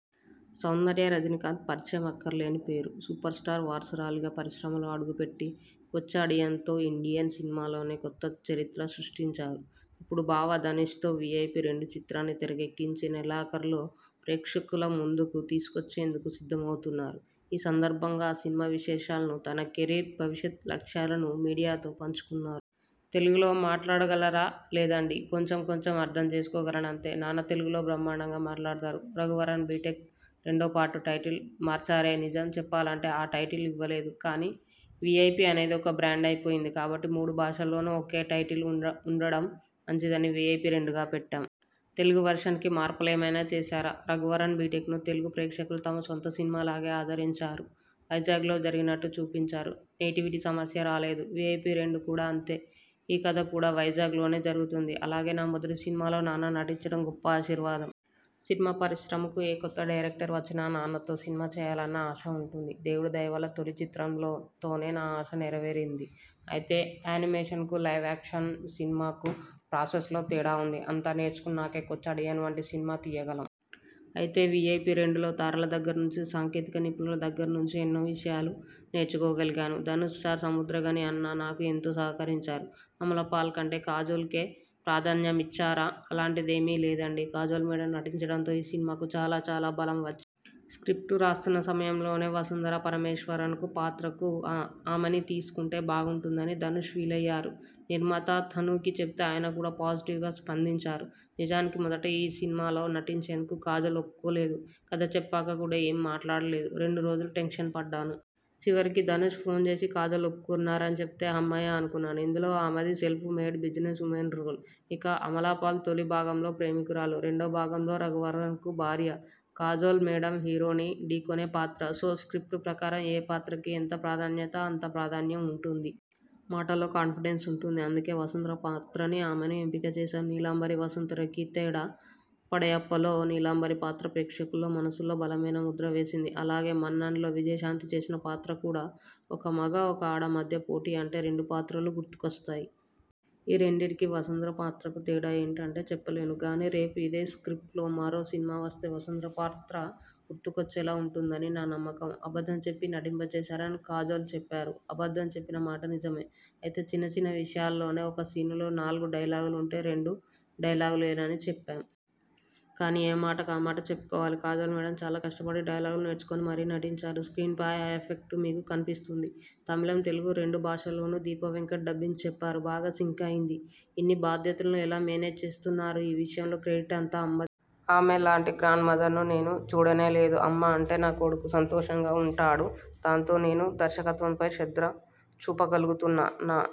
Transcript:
సౌందర్య రజనీకాంత్ పరిచయం అక్కర్లేని పేరు. సూపర స్టార్ వారసురాలిగా పరిశ్రమలో అడుగుపెట్టి 'కోచ్చడయాన్'తో ఇండియన్ సినిమాలోనే కొత్త చరిత్ర సృష్టించారు. ఇప్పుడు బావ ధనుష్తో 'వీఐపీరెండు' చిత్రాన్ని తెరకెక్కించి నెలాఖరులో ప్రేక్షకుల ముందుకు తీసుకొచ్చేందుకు సిద్ధమవుతున్నారు. ఈ సందర్భంగా ఆ సినిమా విశేషాలను, తన కెరీర్ భవిష్యత్ లక్ష్యాలను మీడియాతో పంచుకున్నారు. తెలుగులో మాట్లాడగలరాలేదండి. కొంచెం కొంచెం అర్థం చేసుకోగలనంతే. నాన్న తెలుగులో బ్రహ్మాండంగా మాట్లాడుతారు. 'రఘువరన్ బీటెక్' రెండో పార్టు టైటిల్ మార్చారే నిజం చెప్పాలంటే ఆ టైటిల్ ఇవ్వలేదు. కానీ, 'వీఐపి' అనేది ఒక బ్రాండ్ అయిపోయింది. కాబట్టి మూడు భాషల్లోనూ ఒకటే టైటిల్ ఉండడం మంచిదని 'వీఐపిరెండు'గా పెట్టాం. తెలుగు వెర్షన్ కి మార్పులేమైనా చేశారా'రఘువరన్ బీటెక్'ను తెలుగు ప్రేక్షకులు తమ సొంత సినిమాలాగే ఆదరించారు. వైజాగ్లో జరిగినట్టు చూపించారు. నేటివిటీ సమస్య రాలేదు. 'వీఐపిరెండు' కూడా అంతే. ఈ కథ కూడా వైజాగ్లోనే జరుగుతుంది. అలాగే నా మొదటి సినిమాలో నాన్న నటించడం గొప్ప ఆశీర్వాదం. సినిమా పరిశ్రమకు ఏ కొత్త డైరెక్టర్ వచ్చినా నాన్నతో సినిమా చేయాలన్న ఆశ ఉంటుంది. దేవుడి దయ వల్ల తొలి చిత్రంతోనే నా ఆశ నెర వేరింది. అయితే యానిమేషన్ కు, లైవ్ యాక్షన్ సినిమా కు ప్రాసెస్లో తేడా ఉంది. అంతా నేర్చుకున్నాకే 'కోచ్చడయాన్' వంటి సినిమా తీయగలం. అయితే 'వీఐపిరెండు' లో తారల దగ్గర నుంచి, సాంకేతిక నిపుణుల దగ్గర నుంచి ఎన్నో విషయాలు నేర్చుకోగలిగాను. ధనుష్ సార్, సముద్రగని అన్న నాకు ఎంతో సహకరించారు. అమలాపాల్ కంటే కాజోల్కే ప్రాధాన్యమిచ్చారా అలాంటిదేమి లేదండి. కాజోల్ మేడమ్ నటించడంతో ఈ సినిమాకు చాలా చాలా బలం వచ్చింది. స్ర్కిప్టు రాస్తున్న సమయంలోనే వసుంధర పరమేశ్వరన్ పాత్రకు ఆమెని తీసుకుంటే బాగుంటుందని ధనుష్ ఫీలయ్యారు. నిర్మాత థానుకి చెబితే ఆయన కూడా పాజిటివ్ గా స్పందించారు. నిజానికి మొదట ఈ సినిమాలో నటించేందుకు కాజోల్ ఒప్పుకోలేదు. కథ చెప్పాక కూడా ఏమీ మాట్లాడలేదు. రెండు రోజులు టెన్షన్ పడ్డాను. చివరికి ధనుష్ ఫోన్ చేసి కాజోల్ ఒప్పుకున్నారని చెబితే, హమ్మయ్య అనుకున్నాను. ఇందులో ఆమెది self made business woman role. ఇక అమలాపాల్ తొలి భాగంలో ప్రేమికురాలు. రెండో భాగంలో రఘువరన్కు భార్య. కాజోల్ మేడమ్ హీరోని ఢీకొనే పాత్ర. సో స్ర్కిప్టు ప్రకారం ఏయే పాత్రకి ఎంత ప్రాధాన్యం అంత ప్రాధాన్యం ఉంటుంది. మాటల్లో కాన్ఫిడెన్స్ ఉంటుంది. అందుకే వసుంధర పాత్రకి ఆమెను ఎంపిక చేశాం. నీలాంబరికి, వసుంధరకి తేడా 'పడయప్ప'లో నీలాంబరి పాత్ర ప్రేక్షకుల్లో మనసుల్లో బలమైన ముద్ర వేసేసింది. అలాగే 'మన్నన్'లో విజయశాంతి చేసిన పాత్ర కూడా. ఒక మగ, ఒక ఆడ మధ్య పోటీ అంటే ఈ రెండు పాత్రలు గుర్తుకొస్తాయి. ఈ రెండింటికీ, వసుంధర పాత్రకు తేడా ఏంటంటే చెప్పలేను గానీరేపు ఇదే కాన్సెప్ట్తో మరో సినిమా వస్తే వసుంధర పాత్ర గుర్తుకొచ్చేలా ఉంటుందని నా నమ్మకం. అబద్ధం చెప్పి నటింపజేశారని కాజోల్ చెప్పారు అబద్ధం చెప్పిన మాట నిజమే. అయితే చిన్నచిన్న విషయాల్లోనే. ఒక సీనులో నాలుగు డైలాగులుంటే రెండు డైలాగులేనని చెప్పాం. కానీ, ఏమాట కామాట చెప్పుకోవాలి కాజోల్ మేడమ్ చాలా కష్టపడి డైలాగులు నేర్చుకుని మరీ నటించారు. స్ర్కీన్ పై ఆ ఎఫెక్ట్ మీకు కనిపిస్తుంది. తమిళం, తెలుగు రెండు భాషల్లోనూ దీప వెంకట్ డబ్బింగ్ చెప్పారు. బాగా సింక్ అయ్యింది. ఇన్ని బాధ్యతలను ఎలా మేనేజ్ చేస్తున్నారుఈ విషయంలో క్రెడిట్ అంతా అమ్మదే. ఆమె లాంటి గ్రాండ్ మదర్ను నేను చూడనేలేదు. అమ్మ ఉంటే నా కొడుకు సంతోషంగా ఉంటాడు. దాంతో నేను దర్శకత్వంపై శ్రద్ధ చూపించగలుగుతున్నా. నా